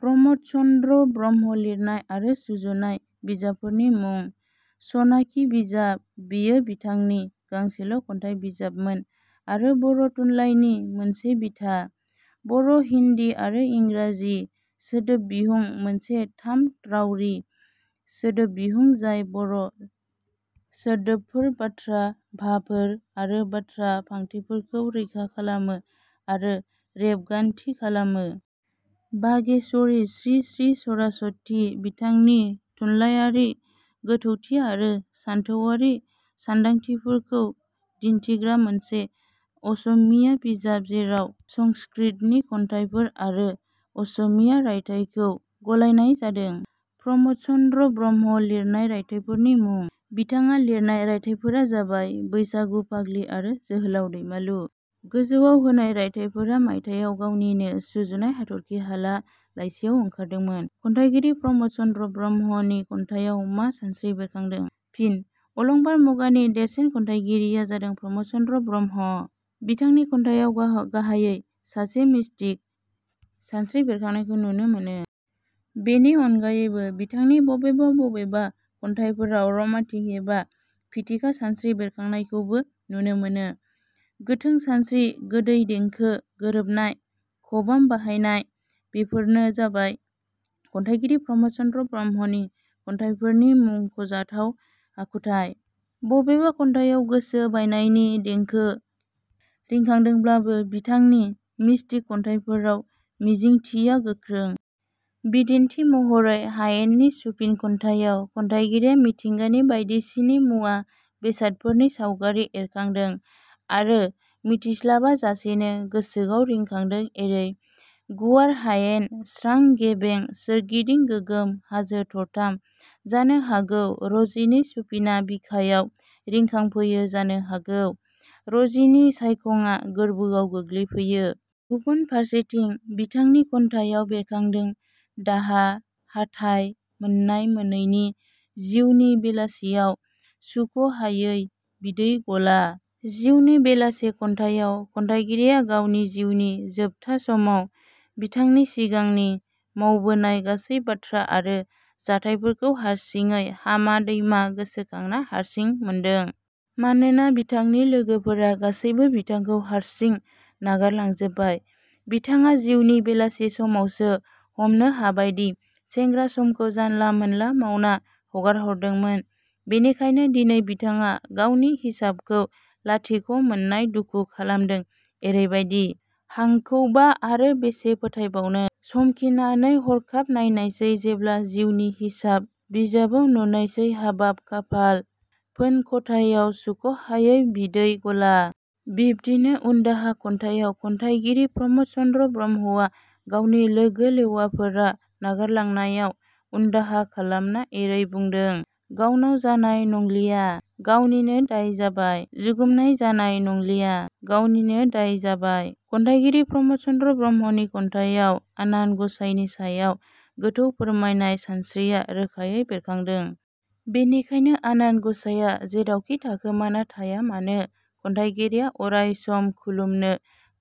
प्रम'द चन्द्र ब्रह्म लिरनाय आरो सुजुनाय बिजाबफोरनि मुं: सनाखि बिजाब – बेयो बिथांनि गांसेल' खन्थाइ बिजाबमोन आरो बर' थुनलायनि मोनसे बिथा। बर' हिन्दी आरो इंराजि सोदोबिहुं– मोनसे थाम रावारि सोदोबबिहुं जाय बर' सोदोबफोर, बाथ्रा भाफोर आरो बाथ्रा फांथेफोरखौ रैखा खालामो आरो रेबगान्थि खालामो। बागेश्वरी श्री श्री सरस्वती– बिथांनि थुनलायारि गोथौथि आरो सानथौआरि सानदांथिफोरखौ दिन्थिग्रा मोनसे असमिया बिजाब जेराव संस्कृतनि खन्थाइफोर आरो असमिया रायथाइखौ गलायनाय जादों। प्रम'द चन्द्र ब्रह्म लिरनाय रायथाइफोरनि मुं: बिथाङा लिरनाय रायथाइफोरा जाबाय- बैसागु, फाग्लि आरो जोहोलाव दैमालु। गोजौवाव होनाय राइथाइफोरा मायथायाव गावनिनो सुजुनाय हाथर्खि हाला लाइसियाव ओंखारदोंमोन।. खन्थाइगिरि प्रम'द चन्द्र ब्रह्मनि खन्थाइयाव मा सानस्रि बेरखांदों? फिन: अलंबार मुगानि देरसिन खन्थाइगिरिया जादों प्रम'द चन्द्र ब्रह्म। बिथांनि खन्थाइयाव गाहायै सासे मिसटिक सानस्रि बेरखांनायखौ नुनो मोनो। बेनि अनगायैबो बिथांनि बबेबा बबेबा खन्थाइफोराव रमान्टिक एबा फिथिखा सानस्रि बेरखांनायखौबो नुनो मोनो। गोथों सानस्रि, गोदै देंखो, गोरोबनाय खबाम बाहायनाय, बेफोरनो जाबाय खन्थाइगिरि प्रम'द चन्द्र ब्रह्मनि खन्थाइफोरनि मुंख'जाथाव आखुथाइ। बबेबा खन्थाइयाव गोसो बायनायनि देंखो रिखांदोब्लाबो, बिथांनि मिष्टिक खन्थाइफोराव मिजिंथिया गोख्रों। बिदिन्थि महरै- "हायेननि सुफिन "खन्थाइयाव खन्थाइगिरिया मिथिंगानि बायदिसिनि मुवा-बेसादफोरनि सावगारि एरखांदों आरो मिथिस्लाबा जासेनो गोसोआव रिखांदों एरै- "गुवार हायेन स्रां गेबें सोरगिदिं गोगोम हाजो थरथाम, जानो हागौ- रजिनि सुफिना बिखायाव रिखांफैयो जानो हागौ— रजिनि साइखङा गोर्बोआव गोग्लैफैयो। " गुबुन फारसेथिं, बिथांनि खन्थाइयाव बेरखांदों दाहा, हाथास मोन्नाय-मोनैनि "जिउनि बेलासेयाव सुख 'हायै बिदै ग'ला। " जिउनि बेलासे खन्थाइयाव खन्थाइगिरिया गावनि जिउनि जोबथा समाव बिथांनि सिगांनि मावबोनाय गासै बाथ्रा आरो जाथाइफोरखौ हारसिङै हामा दैमा गोसोखांना हारसिं मोनदों। मानोन बिथांनि लोगोफोरा गासैबो बिथांखौ हारसिं नागारलांजोबबाय। बिथाङा जिउनि बेलासे समावसो हमनो हाबायदि सेंग्रा समखौ जानला ला मावना हगारहरदोंमोन। बेनिखायनो दिनै बिथाङा गावनि हिसाबखौ लाथिख' मोननाय दुखु खालमदों एरैबादि – "हांखौबा आरो बेसे फोथायबावनो समखिनानै हरखाब नायनायसै जेब्ला जिउनि हिसाब बिजाबाव नुनायसै हाबाब खाफाल फोनख'थायाव सुख'हायै बिदै गला। " बिब्दिनो "उनदाहा" खन्थाइयाव खन्थाइगिरि प्रम'द चन्द्र ब्रह्मआ गावनि लोगो-लेवाफोरा नागारलांनायाव उनदाहा खालामना एरै बुंदों- "गावनाव जानाय नंलिया, गावनिनो दाय जाबाय, जुगुमनाय जानाय नंलिया, गावनिनो दाय जाबाय। " खन्थाइगिरि प्रम'द चन्द्र ब्रह्मनि खन्थाइयाव आनान ग'साइनि सायाव गोथौ फोरमायनाय सानस्रिया रोखायै बेरखांदों। बेनिखायनो आनान ग'साइया जेरावखि थाखोमाना थाया मानो खन्थाइगिरिया अराय सम खुलुमनो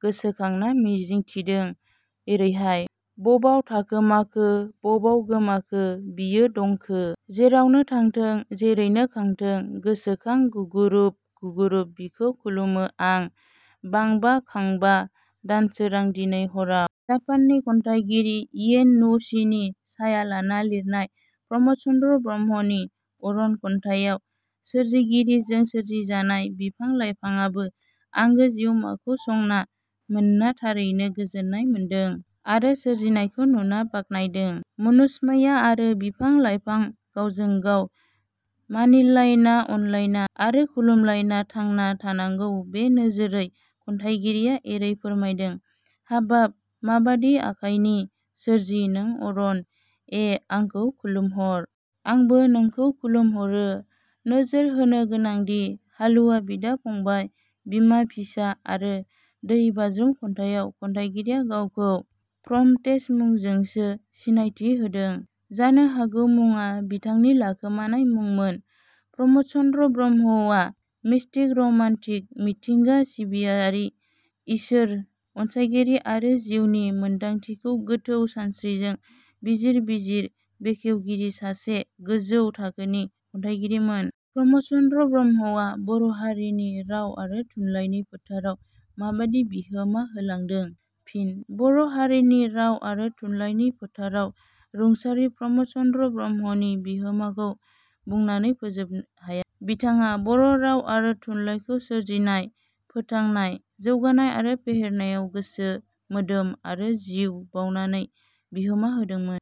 गोसोखांना मिजिंथिदों एरैहाय- "बबाव थाखोमाखो बबाव गोमाखो बियो दंखो? जेरावनो थांथों जैरैनो खांथों गोसोखां गुगुरुब गुगुरुब बिखौ खुलुमो आं बांबा खांबा दानसोरां दिनै हराव। " जापाननि खन्थाइगिरि इयेन न'वसिनि साया लाना लिरनाय प्रम'द चन्द्र ब्रह्मनि 'अरण' खन्थाइयाव सोरजिगिरिजों सोरजिजानाय बिफां लाइफाङाबो आंगो जिउमाखौ संना मोनना थारैनो गोजोन्नाय मोनदों आरो सोरजिनायखौ नुना बाखनायदों। मुनुसमैया आरो बिफां-लाइफां गावजों गाव मानिलायना, अनलायना आरो खुलुमलायना थांना थानांगौ बे नोजोरै खन्थाइगिरिया एरै फोरमायदों- "हाबाब माबादि आखाइनि सोरजि नों अरण ऐ आंखौ खुलुमहर! आंबो नौखौ खुलुमहरो………….। नोजोर होनो गोनांदि 'हालुवा', 'बिदा-फंबाय', 'बिमा-फिसा', आरो 'दै बाज्रुम' खन्थाइयाव खन्थाइगिरिया गावखौ 'प्रमथेश' मुंजोंसो सिनायथि होदों। जानो हागौ मुङा बिथांनि लाखोमानाय मुंमोन। प्रम'द चन्द्र ब्रह्मआ मिष्टिक, र'मान्टिक, मिथिंगा सिबियारि, इसोर अनसाइगिरि आरो जिउनि मोनदांथिखौ गोथौ सानस्रिजों बिजिर बिजिर बेखवगिरि सासे गोजौ थाखोनि खन्थाइगिरिमोन।. प्रम'द चन्द्र ब्रह्मआ बर' हारिनि राव आरो थुनलाइनि फोथाराव माबादि बिहोमा होलांदों? फिन: बर' हारिनि राव आरो थुनलाइनि फोथाराव रुंसारि प्रम'द चन्द्र ब्रह्मनि बिहोमाखौ बुंनानै फोजोब हाया। बिथाङा बर' राव आरो थुनलायखौ सोरजिनाय, फोथांनाय, जौगानाय आरो फेहेरनायाव गोसो मोदोम आरो जिउ बाउनानै बिहोमा होदोंमोन।